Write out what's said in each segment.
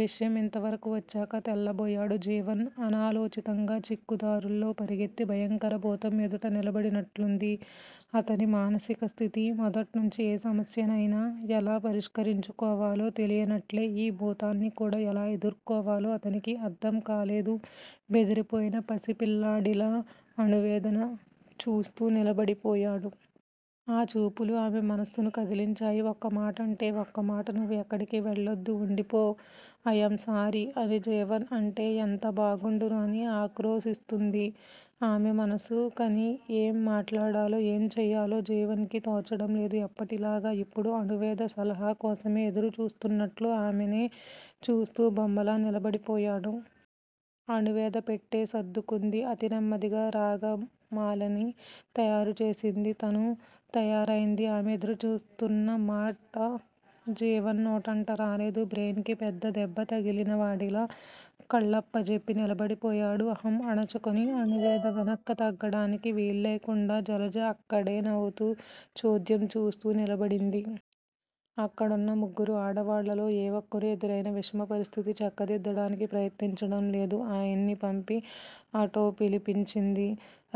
విషయం ఇంతవరకు వచ్చాక తెల్లబోయాడు జీవన్. అనాలోచితంగా చిక్కు దారుల్లో పరుగెత్తి భయంకర భూతం ఎదుట నిలబడినట్లుంది అతని మానసిక స్థితి. మొదట్నుంచి ఏ సమస్యనైనా ఎలా పరిష్కరించుకోవాలో తెలియనట్లే ఈ భూతాన్ని కూడా ఎలా ఎదుర్కోవాలో అతనికి అర్ధం కాలేదు. బెదిరిపోయిన పసిపిల్లాడిలా అణువేదని చూస్తూ నిలబడిపోయాడు. ఆ చూపులు ఆమె మనస్సును కదిలించాయి. ఒక్కమాటంటే ఒక్క మాట నువు ఎక్కడికి వెళ్లొద్దు వుండిపో ఆయామ్ సారీ! అని జీవన్ అంటే ఎంత బాగుండును? అని ఆక్రోశిస్తోంది ఆమె మనస్సు. కని ఏం మాట్లాడాలో, ఏం చెయ్యాలో జీవన్ కి తోచడం లేదు. ఎప్పటిలాగా యిప్పుడు అణువేద సలహా కోసమే ఎదురు చూస్తున్నట్లు ఆమెనే చూస్తూ బొమ్మలా నిలబడిపోయాడు. అణువేద పెట్టె సర్దుకుంది. అతి నెమ్మదిగా రాగమాలని తయారుచేసింది. తను తయారైంది. ఆమె ఎదురుచూస్తున్న మాట జీవన్ నోటంట రాలేదు. బ్రెయిన్ కి పెద్ద దెబ్బ తగిలినవాడిలా కళ్ళప్పజెప్పి నిలబడిపోయాడు. అహం అణచుకొని అణువేద వెనక్కి తగ్గడానికి వీల్లేకుండా జలజ అక్కడే నవుతూ చోద్యం చూస్తూ నిలబడింది. అక్కడున్న ముగ్గురు ఆడవాళ్ళలో ఏ వోక్కరు ఎదురైనా విషమ పరిస్థితి చక్కదిద్దడానికి ప్రయత్నించడంలేదు. అయాని పంపి అటో పిలిపించింది.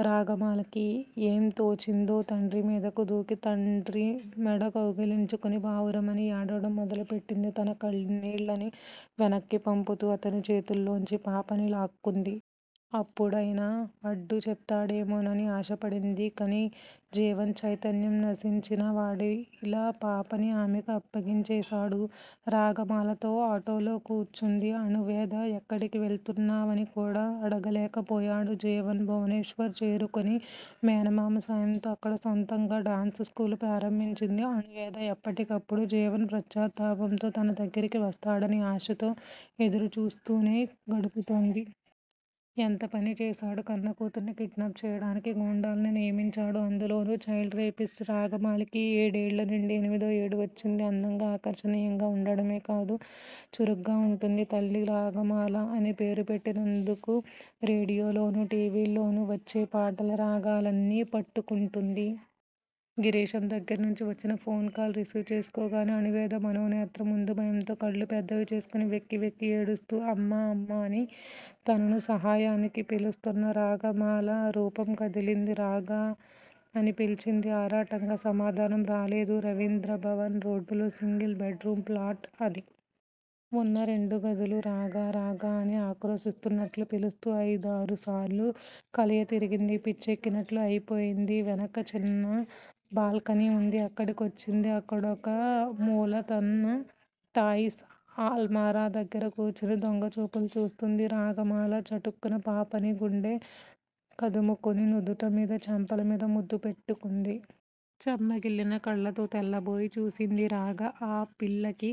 రాగమాలకి ఏం తోచిందో తండ్రి మీదకు దూకి తండ్రి మెడ కౌగలించుకుని బావురుమని ఏడవడం మొదలుపెట్టింది. తన కన్నీళ్ళని వెనక్కి పంపుతూ అతని చేతుల్లోంచి పాపని లాక్కుంది. అప్పుడైనా అడ్డు చెప్తాడేమోనని ఆశపడింది. కని జీవన్ చైతన్యం నశించినా వాడిలా పాపని ఆమెకి అప్పగించేశాడు. రాగమాలతో ఆటోలో కూర్చుంది. అణువేద. ఎక్కడికి వెళ్తున్నావని కూడా అడగలేకపోయాడు జీవన్. భువనేశ్వర్ చేరుకొని మేనమామ సాయంతో అక్కడ స్వంతంగా డాన్సు స్కూలు ప్రారంభించింది అణువేద. ఎప్పటికప్పుడు జీవన్ పశ్చాత్తాపంతో తన దగ్గరికి వస్తాడని ఆశతో ఎదురు చూస్తోనే గడుపుతోంది. ఎంతపని చేశాడు. కన్న కూతురిని కిడ్నాప్ చెయ్యడానికి గుండాలని నియమించాడు. అందులోను చైల్డ్ రేపిస్ట్. రాగమాలకి ఏడేళ్ళు నిండి ఎనిమిదో ఏడు వచ్చింది. అందంగా ఆకర్షనియంగా వుండడమే కాదు చురుగ్గా వుంటుంది. తల్లి రాగమాల అని పేరు పెట్టినందుకు రేడియోలోను టి. వి. ల్లోనూ వచ్చే పాటల రాగాలన్నీ పట్టుకుంటుంది. గిరీశం దగ్గరనుంచి వచ్చిన ఫోన్ కాల్ రిసీవ్ చేసుకోగానే అణువేద మనోనేత్రం ముందు భయంతో కళ్ళు పెద్దవి చేసుకొని వెక్కి వెక్కి ఏడుస్తూ, అమ్మా! అమ్మా! అని తనను సహాయానికి పిలుస్తోన్న రాగమాల రూపం కదిలింది. రాగా! అని పిలిచింది. ఆరాటంగా సమాధానం రాలేదు. రవీంద్రభవన్ రోడ్డులో సింగిల్ బెడ్ రూమ్ ప్లాట్ అది. ఉన్న రెండు గదులు రాగా! రాగా! అని ఆక్రోశిస్తున్నట్లు పిలుస్తూ ఐదారుసార్లు కలయతిరిగింది. పిచ్చెక్కినట్లు అయిపొయింది. వెనక చిన్న బాల్కాని వుంది అక్కడి కొచ్చింది. అక్కడొక మూల తన తాయిస్ అల్మారా దగ్గర కూర్చుని దొంగ చూపులు చూస్తోంది రాగమాల. చటుక్కున పాపని గుండె కదుముకుని నుదుటి మీద, చెంపల మీద ముద్దు పెట్టుకుంది. చెమ్మగిల్లిన కళ్ళతో తెల్లబోయి చూసింది రాగ. ఆ పిల్లకి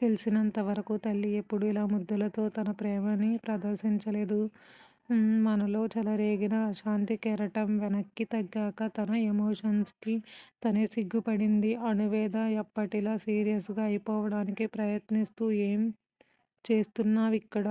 తెలిసినంతవరకు, తల్లి యెప్పుడు ఇలా ముద్దులుతో తన ప్రేమని ప్రదర్శించలేదు. మనులో చెలరేగిన అశాంతి కెరటం వెనక్కి తగ్గాక తన ఎమోషన్సుకి తనే సిగ్గుపడింది అణువేద. ఎప్పటిలా సీరియస్ గా అయిపోవడానికి ప్రయత్నిస్తూ ఏం చేస్తున్నావిక్కడ?